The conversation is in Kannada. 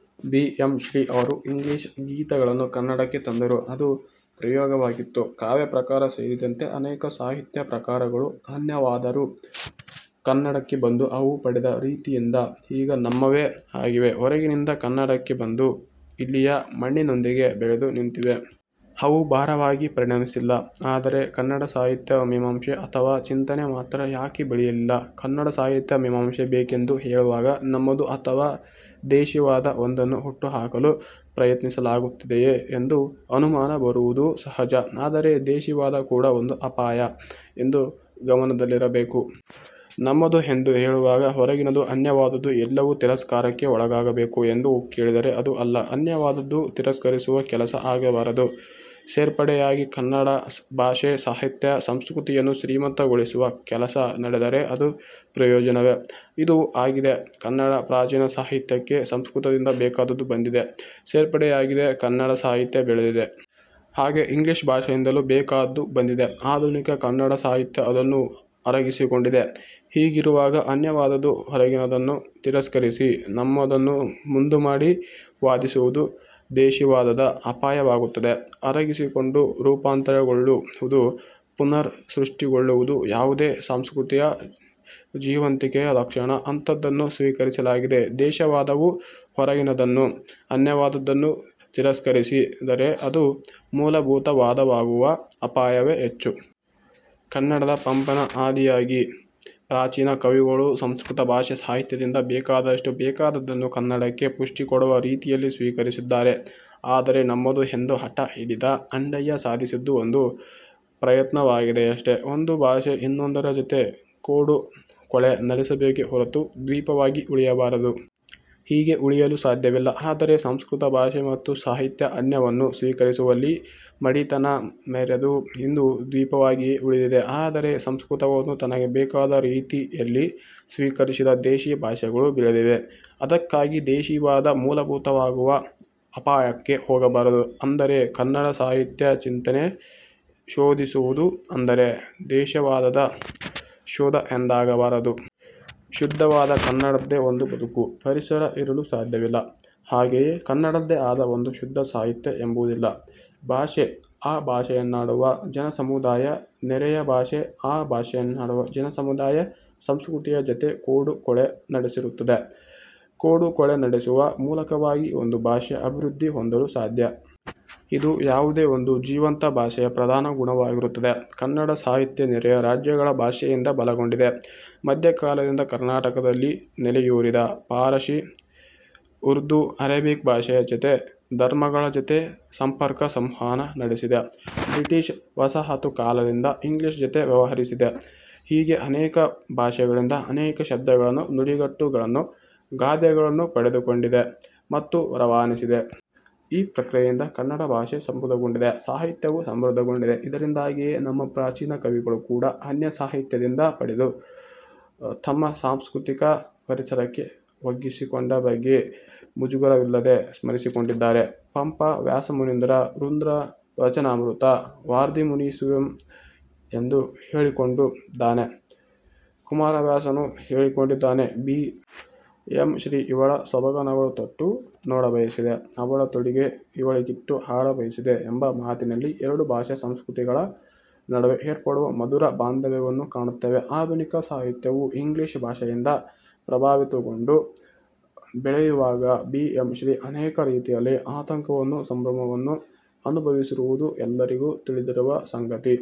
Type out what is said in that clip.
. ಬಿ. ಎಂ. ಶ್ರೀ ಅವರು 'ಇಂಗ್ಲೀಷ್ ಗೀತ'ಗಳನ್ನು ಕನ್ನಡಕ್ಕೆ ತಂದರು. ಅದು ಪ್ರಯೋಗವಾಗಿತ್ತು. ಕಾವ್ಯ ಪ್ರಕಾರ ಸೇರಿದಂತೆ ಅನೇಕ ಸಾಹಿತ್ಯ ಪ್ರಕಾರಗಳು ಅನ್ಯವಾದರೂ ಕನ್ನಡಕ್ಕೆ ಬಂದು ಅವು ಪಡೆದ ರೀತಿಯಿಂದ ಈಗ ನಮ್ಮವೇ ಆಗಿವೆ. ಹೊರಗಿನಿಂದ ಕನ್ನಡಕ್ಕೆ ಬಂದು, ಇಲ್ಲಿಯ ಮಣ್ಣಿನೊಂದಿಗೆ ಬೆಳೆದು ನಿಂತಿವೆ. ಅವು ಭಾರವಾಗಿ ಪರಿಣಮಿಸಿಲ್ಲ. ಆದರೆ ಕನ್ನಡ ಸಾಹಿತ್ಯ ಮೀಮಾಂಸೆ ಅಥವಾ ಚಿಂತನೆ ಮಾತ್ರ ಯಾಕೆ ಬೆಳೆಯಲಿಲ್ಲ?. ಕನ್ನಡ ಸಾಹಿತ್ಯ ಮೀಮಾಂಸೆ ಬೇಕೆಂದು ಹೇಳುವಾಗ, ನಮ್ಮದು ಅಥವಾ ದೇಶಿವಾದ ಒಂದನ್ನು ಹುಟ್ಟುಹಾಕಲು ಪ್ರಯತ್ನಿಸಲಾಗುತ್ತಿದೆಯೇ? ಎಂದು ಅನುಮಾನ ಬರುವುದು ಸಹಜ. ಆದರೆ ದೇಶಿವಾದ ಕೂಡ ಒಂದು ಅಪಾಯ ಎಂದು ಗಮನದಲ್ಲಿರಬೇಕು. ನಮ್ಮದು ಎಂದು ಹೇಳುವಾಗ ಹೊರಗಿನದು ಅನ್ಯವಾದದ್ದು ಎಲ್ಲವೂ ತಿರಸ್ಕಾರಕ್ಕೆ ಒಳಗಾಗಬೇಕು ಎಂದು ಕೇಳಿದರೆ ಅದೂ ಅಲ್ಲ. ಅನ್ಯವಾದದ್ದು ತಿರಸ್ಕರಿಸುವ ಕೆಲಸ ಆಗಬಾರದು. ಸೇರ್ಪಡೆ ಯಾಗಿ ಕನ್ನಡ ಭಾಷೆ, ಸಾಹಿತ್ಯ, ಸಂಸ್ಕೃತಿಯನ್ನು ಶ್ರೀಮಂತ ಗೊಳಿಸುವ ಕೆಲಸ ನಡೆದರೆ ಅದು ಪ್ರಯೋಜನವೇ. ಇದು ಆಗಿದೆ. ಕನ್ನಡ ಪ್ರಾಚೀನ ಸಾಹಿತ್ಯಕ್ಕೆ ಸಂಸ್ಕೃತದಿಂದ ಬೇಕಾದದ್ದು ಬಂದಿದೆ; ಸೇರ್ಪಡೆಯಾಗಿದೆ; ಕನ್ನಡ ಸಾಹಿತ್ಯ ಬೆಳೆದಿದೆ. ಹಾಗೆ ಇಂಗ್ಲಿಶ್ ಭಾಷೆಯಿಂದಲೂ ಬೇಕಾದ್ದು ಬಂದಿದೆ. ಆಧುನಿಕ ಕನ್ನಡ ಸಾಹಿತ್ಯ ಅದನ್ನು ಅರಗಿಸಿಕೊಂಡಿದೆ. ಹೀಗಿರುವಾಗ ಅನ್ಯವಾದದ್ದು ಹೊರಗಿನದನ್ನು ತಿರಸ್ಕರಿಸಿ ನಮ್ಮದನ್ನು ಮುಂದುಮಾಡಿ ವಾದಿಸುವುದು ದೇಶಿವಾದದ ಅಪಾಯವಾಗುತ್ತದೆ. ಅರಗಿಸಿಕೊಂಡು ರೂಪಾಂತರಗೊಳ್ಳು ವುದು, ಪುನರ್ ಸೃಷ್ಟಿಗೊಳ್ಳುವುದು ಯಾವುದೇ ಸಂಸ್ಕೃತಿಯ ಜೀವಂತಿಕೆಯ ಲಕ್ಷಣ. ಅಂಥದ್ದನ್ನು ಸ್ವೀಕರಿಸಲಾಗಿದೆ. ದೇಶಿವಾದವು ಹೊರಗಿನದನ್ನು, ಅನ್ಯವಾದದನ್ನು ತರಿಸ್ಕರಿಸಿ ದರೆ ಅದು ಮೂಲಭೂತವಾದವಾಗುವ ಅಪಾಯವೇ ಹೆಚ್ಚು. ಕನ್ನಡದ ಪಂಪನ ಆದಿಯಾಗಿ ಪ್ರಾಚೀನ ಕವಿಗಳು ಸಂಸ್ಕೃತ ಭಾಷೆ – ಸಾಹಿತ್ಯದಿಂದ ಬೇಕಾದಷ್ಟು, ಬೇಕಾದದ್ದನ್ನು ಕನ್ನಡಕ್ಕೆ ಪುಷ್ಠಿಕೊಡುವ ರೀತಿಯಲ್ಲಿ ಸ್ವೀಕರಿಸಿದ್ದಾರೆ. ಆದರೆ 'ನಮ್ಮದು' ಎಂದು ಹಠ ಹಿಡಿದ ಅಂಡಯ್ಯ ಸಾಧಿಸಿದ್ದು ಒಂದು ಪ್ರಯತ್ನವಾಗಿದೆಯಷ್ಟೆ. ಒಂದು ಭಾಷೆ ಇನ್ನೊಂದರ ಜತೆ ಕೊಡು – ಕೊಳೆ ನಡೆಸಬೇಕೇ ಹೊರತು ದ್ವೀಪವಾಗಿ ಉಳಿಯಬಾರದು. ಹೀಗೆ ಉಳಿಯಲು ಸಾಧ್ಯವಿಲ್ಲ. ಆದರೆ ಸಂಸ್ಕೃತ ಭಾಷೆ ಮತ್ತು ಸಾಹಿತ್ಯ ಅನ್ಯವನ್ನು ಸ್ವೀಕರಿಸುವಲ್ಲಿ ಮಡಿತನ ಮೆರೆದು ಇಂದು ದ್ವೀಪವಾಗಿಯೇ ಉಳಿದಿದೆ. ಆದರೆ ಸಂಸ್ಕೃತವನ್ನು ತನಗೆ ಬೇಕಾದ ರೀತಿ ಯಲ್ಲಿ ಸ್ವೀಕರಿಸಿದ ದೇಶಿ ಭಾಷೆಗಳು ಬೆಳೆದಿವೆ. ಅದಕ್ಕಾಗಿ ದೇಶಿವಾದ ಮೂಲಭೂತವಾಗುವ ಅಪಾಯಕ್ಕೆ ಹೋಗಬಾರದು. ಅಂದರೆ ಕನ್ನಡ ಸಾಹಿತ್ಯ ಚಿಂತನೆ ಶೋಧಿಸುವುದು ಅಂದರೆ ದೇಶಿವಾದದ ಶೋಧ ಎಂದಾಗಬಾರದು. ಶುದ್ಧವಾದ ಕನ್ನಡದ್ದೇ ಒಂದು ಬದುಕು, ಪರಿಸರ ಇರಲು ಸಾಧ್ಯವಿಲ್ಲ. ಹಾಗೆಯೇ ಕನ್ನಡದ್ದೇ ಆದ ಒಂದು ಶುದ್ಧ ಸಾಹಿತ್ಯ ಎಂಬುದಿಲ್ಲ. ಭಾಷೆ, ಆ ಭಾಷೆಯನ್ನಾಡುವ ಜನಸಮುದಾಯ ನೆರೆಯ ಭಾಷೆ, ಆ ಭಾಷೆಯನ್ನಾಡುವ ಜನಸಮುದಾಯದ ಸಂಸ್ಕೃತಿಯ ಜತೆ ಕೊಡು ಕೊಳೆ ನಡೆಸಿರುತ್ತದೆ. ಕೊಡು ಕೊಳೆ ನಡೆಸುವ ಮೂಲಕವಾಗಿ ಒಂದು ಭಾಷೆ ಅಭಿವೃದ್ದಿ ಹೊಂದಲು ಸಾಧ್ಯ. ಇದು ಯಾವುದೇ ಒಂದು ಜೀವಂತ ಭಾಷೆಯ ಪ್ರಧಾನ ಗುಣವಾಗಿರುತ್ತದೆ. ಕನ್ನಡ ಭಾಷೆ ನೆರೆಯ ರಾಜ್ಯಗಳ ಭಾಷೆಯಿಂದ ಬಲಗೊಂಡಿದೆ. ಮಧ್ಯಕಾಲದಿಂದ ಕರ್ನಾಟಕದಲ್ಲಿ ನೆಲೆಯೂರಿದ ಫಾರಶಿ, ಉರ್ದು, ಅರೇಬಿಕ್ ಭಾಷೆಯ ಜತೆ, ಧರ್ಮಗಳ ಜತೆ ಸಂಪರ್ಕ ಸಂವಹನ ನಡೆಸಿದೆ. ಬ್ರಿಟಿಶ್ ವಸಾಹತು ಕಾಲದಿಂದ ಇಂಗ್ಲಿಶ್ ಜತೆ ವ್ಯವಹರಿಸಿದೆ. ಹೀಗೆ ಅನೇಕ ಭಾಷೆಗಳಿಂದ ಅನೇಕ ಶಬ್ದಗಳನ್ನು, ನುಡಿಗಟ್ಟು ಗಳನ್ನು, ಗಾದೆಗಳನ್ನು ಪಡೆದುಕೊಂಡಿದೆ ಮತ್ತು ರವಾನಿಸಿದೆ. ಈ ಪ್ರಕ್ರಿಯೆಯಿಂದ ಕನ್ನಡ ಭಾಷೆ ಸಮೃದ್ಧಗೊಂಡಿದೆ. ಸಾಹಿತ್ಯವೂ ಸಮೃದ್ಧಗೊಂಡಿದೆ. ಇದರಿಂದಾಗಿಯೇ ನಮ್ಮ ಪ್ರಾಚೀನ ಕವಿಗಳು ಕೂಡ ಅನ್ಯ ಸಾಹಿತ್ಯದಿಂದ ಪಡೆದು ತಮ್ಮ ಸಾಂಸ್ಕೃತಿಕ ಪರಿಸರಕ್ಕೆ ಒಗ್ಗಿಸಿಕೊಂಡ ಬಗ್ಗೆ ಮುಜುಗರವಿಲ್ಲದೆ ಸ್ಮರಿಸಿಕೊಂಡಿದ್ದಾರೆ. ಪಂಪ 'ವ್ಯಾಸಮುನೀಂದ್ರ ರುಂದ್ರ ವಚನಾಮೃತ ವಾರ್ಧಿಯನೀಸುವೆಂ' ಎಂದು ಹೇಳಿಕೊಂಡಿ ದ್ದಾನೆ. ಕುಮಾರವ್ಯಾಸನೂ ಹೇಳಿಕೊಂಡಿದ್ದಾನೆ. ಬಿ. ಎಂ. ಶ್ರೀ 'ಇವಳ ಸೊಬಗನವಳು ತೊಟ್ಟು ನೋಡಬಯಸಿದೆ. ಅವಳ ತೊಡಿಗೆ ಇವಳಿಗಿಟ್ಟು ಹಾಡ ಬಯಸಿದೆ' ಎಂಬ ಮಾತಿನಲ್ಲಿ ಎರಡು ಭಾಷೆ ಸಂಸ್ಕೃತಿಗಳ ನಡುವೆ ಏರ್ಪಡುವ ಮಧುರ ಬಾಂಧವ್ಯವನ್ನು ಕಾಣುತ್ತೇವೆ. ಆಧುನಿಕ ಸಾಹಿತ್ಯವು ಇಂಗ್ಲಿಶ್ ಭಾಷೆಯಿಂದ ಪ್ರಭಾವಿತಗೊಂಡು ಬೆಳೆಯುವಾಗ ಬಿ. ಎಂ. ಶ್ರೀ. ಅನೇಕ ರೀತಿಯಲ್ಲಿ ಆತಂಕವನ್ನೂ ಸಂಭ್ರಮವನ್ನು ಅನುಭವಿಸಿರುವುದು ಎಲ್ಲರಿಗೂ ತಿಳಿದಿರುವ ಸಂಗತಿ.